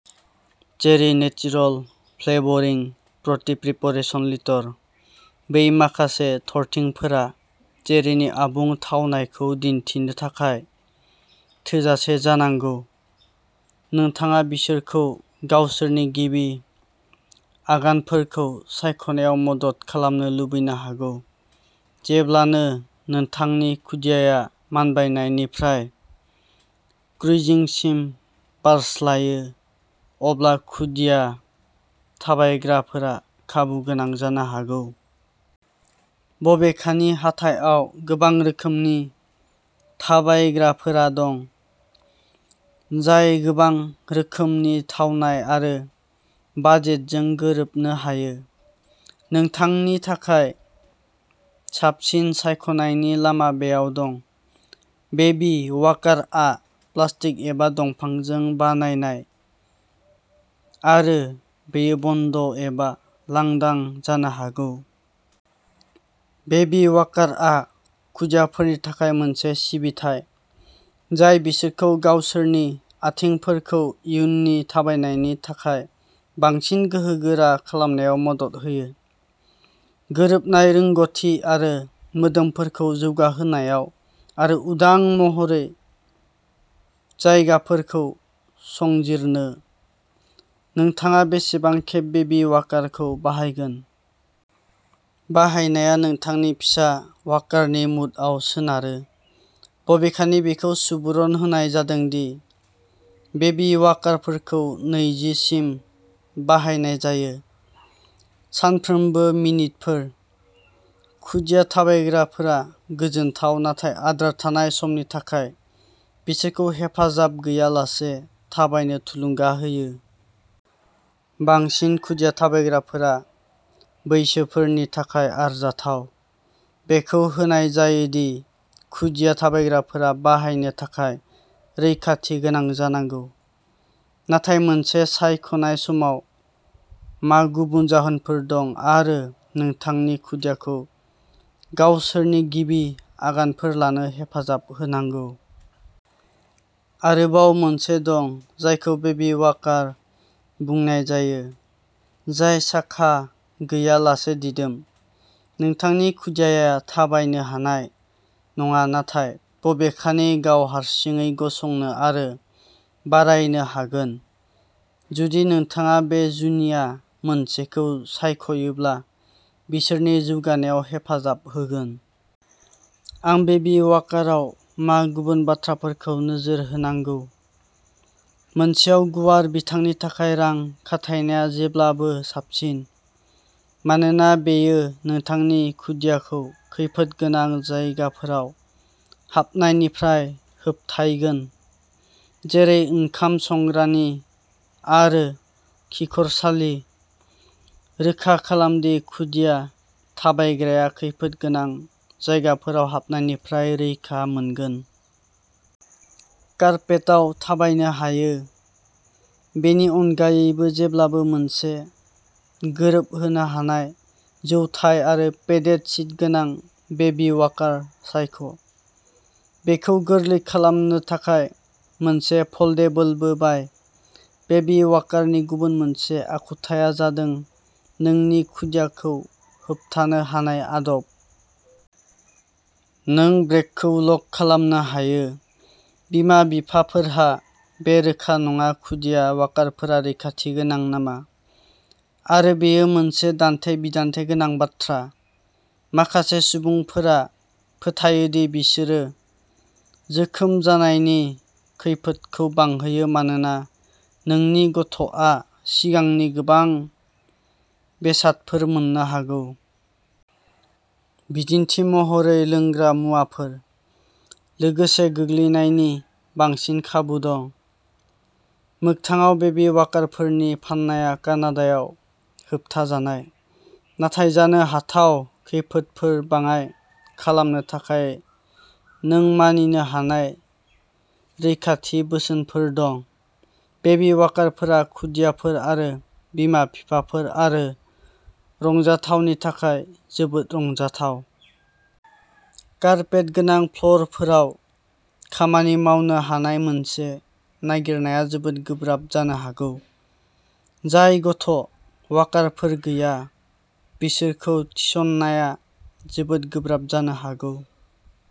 Cherry natural flavouring प्रति preparation litre. बै माखासे थरथिंफोरा चेरीनि आबुं थावनायखौ दिन्थिनो थाखाय थोजासे जानांगौ। नोंथाङा बिसोरखौ गावसोरनि गिबि आगानफोरखौ सायख'नायाव मदद खालामनो लुबैनो हागौ। जेब्लानो नोंथांनि खुदियाया मानबायनायनिफ्राय क्रुइजिंसिम बारस्लायो। अब्ला खुदिया थाबायग्राफोरा खाबुगोनां जानो हागौ। बबेखानि हाथाइआव गोबां रोखोमनि थाबायग्राफोरा दं। जाय गोबां रोखोमनि थावनाय आरो बाजेटजों गोरोबनो हायो। नोंथांनि थाखाय साबसिन सायख'नायनि लामा बेयाव दं। बेबी वाकारआ प्लास्टिक एबा दंफांजों बानायनाय आरो बेयो बन्द एबा लांदां जानो हागौ। बेबी वाकारआ खुदियाफोरनि थाखाय मोनसे सिबिथाइ। जाय बिसोरखौ गावसोरनि आथिंफोरखौ इयुननि थाबायनायनि थाखाय बांसिन गोहोगोरा खालामनायाव मदद होयो। गोरोबनाय रोंग'थि आरो मोदोमफोरखौ जौगाहोनायाव आरो उदां महरै जायगाफोरखौ संजिरनो। नोंथाङा बेसेबां खेब बेबी वाकारखौ बाहायगोन? बाहायनाया नोंथांनि फिसा वाकारनि मुडआव सोनारो। बबेखानि बेखौ सुबुरुन होनाय जादों दि बेबी वाकारफोरखौ नैजि सिम बाहायनाय जायो। सानफ्रोमबो मिनिटफोर। खुदिया थाबायग्राफोरा गोजोनथाव नाथाय आद्रा थानाय समनि थाखाय बिसोरखौ हेफाजाब गैयालासे थाबायनो थुलुंगा होयो। बांसिन खुदिया थाबायग्राफोरा बैसोफोरनि थाखाय आरजाथाव। बेखौ होनाय जायो दि खुदिया थाबायग्राफोरा बाहायनो थाखाय रैखाथि गोनां जानांगौ। नाथाय मोनसे सायख'नाय समाव मा गुबुन जाहोनफोर दं आरो नोंथांनि खुदियाखौ गावसोरनि गिबि आगानफोर लानो हेफाजाब होनांगौ? आरोबाव मोनसे दं जायखौ बेबी वाकार बुंनाय जायो जाय साखा गैयालासे दिदोम। नोंथांनि खुदियाया थाबायनो हानाय नङा नाथाय बबेखानि गाव हारसिङैनो गसंनो आरो बारायनो हागोन। जुदि नोंथाङा बे जुनिया मोनसेखौ सायख'योब्ला बिसोरनि जौगानायाव हेफाजाब होगोन। आं बेबी वाकाराव मा गुबुन बाथ्राफोरखौ नोजोर होनांगौ? मोनसेयाव गुवार बिथानि थाखाय रां खाथायनाया जेब्लाबो साबसिन। मानोना बेयो नोंथांनि खुदियाखौ खैफोद गोनां जायगाफोराव हाबनायनिफ्राय होबथायगोन। जेरै ओंखाम संग्रानि आरो खिखरसालि। रोखा खालाम दि खुदिया थाबायग्राया खैफोद गोनां जायगाफोराव हाबनायनिफ्राय रैखा मोनगोन। कारपेटाव थाबायनो हायो। बेनि अनगायैबो जेब्लाबो मोनसे गोरोबहोनो हानाय जौथाय आरो पेडेड सिट गोनां बेबी वाकार सायख'। बेखौ गोरलै खालामनो थाखाय मोनसे फोल्डेबलबो बाय। बेबी वाकारनि गुबुन मोनसे आखुथाया जादों नोंनि खुदियाखौ होबथानो हानाय आदब। नों ब्रेकखौ लक खालामनो हायो। बिमा-बिफाफोरहा बे रोखा नङा खुदिया वाकारफोरा रैखाथि गोनां नामा? आरो बेयो मोनसे दान्थे बिदान्थे गोनां बाथ्रा। माखासे सुबुंफोरा फोथायो दि बिसोरो जोखोम जानायनि खैफोदखौ बांहोयो मानोना नोंनि गथ'आ सिगांनि गोबां बेसादफोर मोननो हागौ। बिदिन्थि महरै लोंग्रा मुवाफोर। लोगोसे गोग्लैनायनि बांसिन खाबु दं। मोगथाङाव बेबी वाकारफोरनि फाननाया कानाडायाव होबथाजानाय। नाथाय जानो हाथाव खैफोदफोर बाङाइ खालामनो थाखाय नों मानिनो हानाय रैखाथि बोसोनफोर दं। बेबी वाकारफोरा खुदियाफोर आरो बिमा-बिफाफोर आरो रंजाथावनि थाखाय जोबोद रंजाथाव। कारपेट गोनां फ्ल'रफोराव खामानि मावनो हानाय मोनसे नागिरनाया जोबोद गोब्राब जानो हागौ। जाय गथ' वाकारफोर गैया। बिसोरखौ थिसननाया जोबोद गोब्राब जानो हागौ।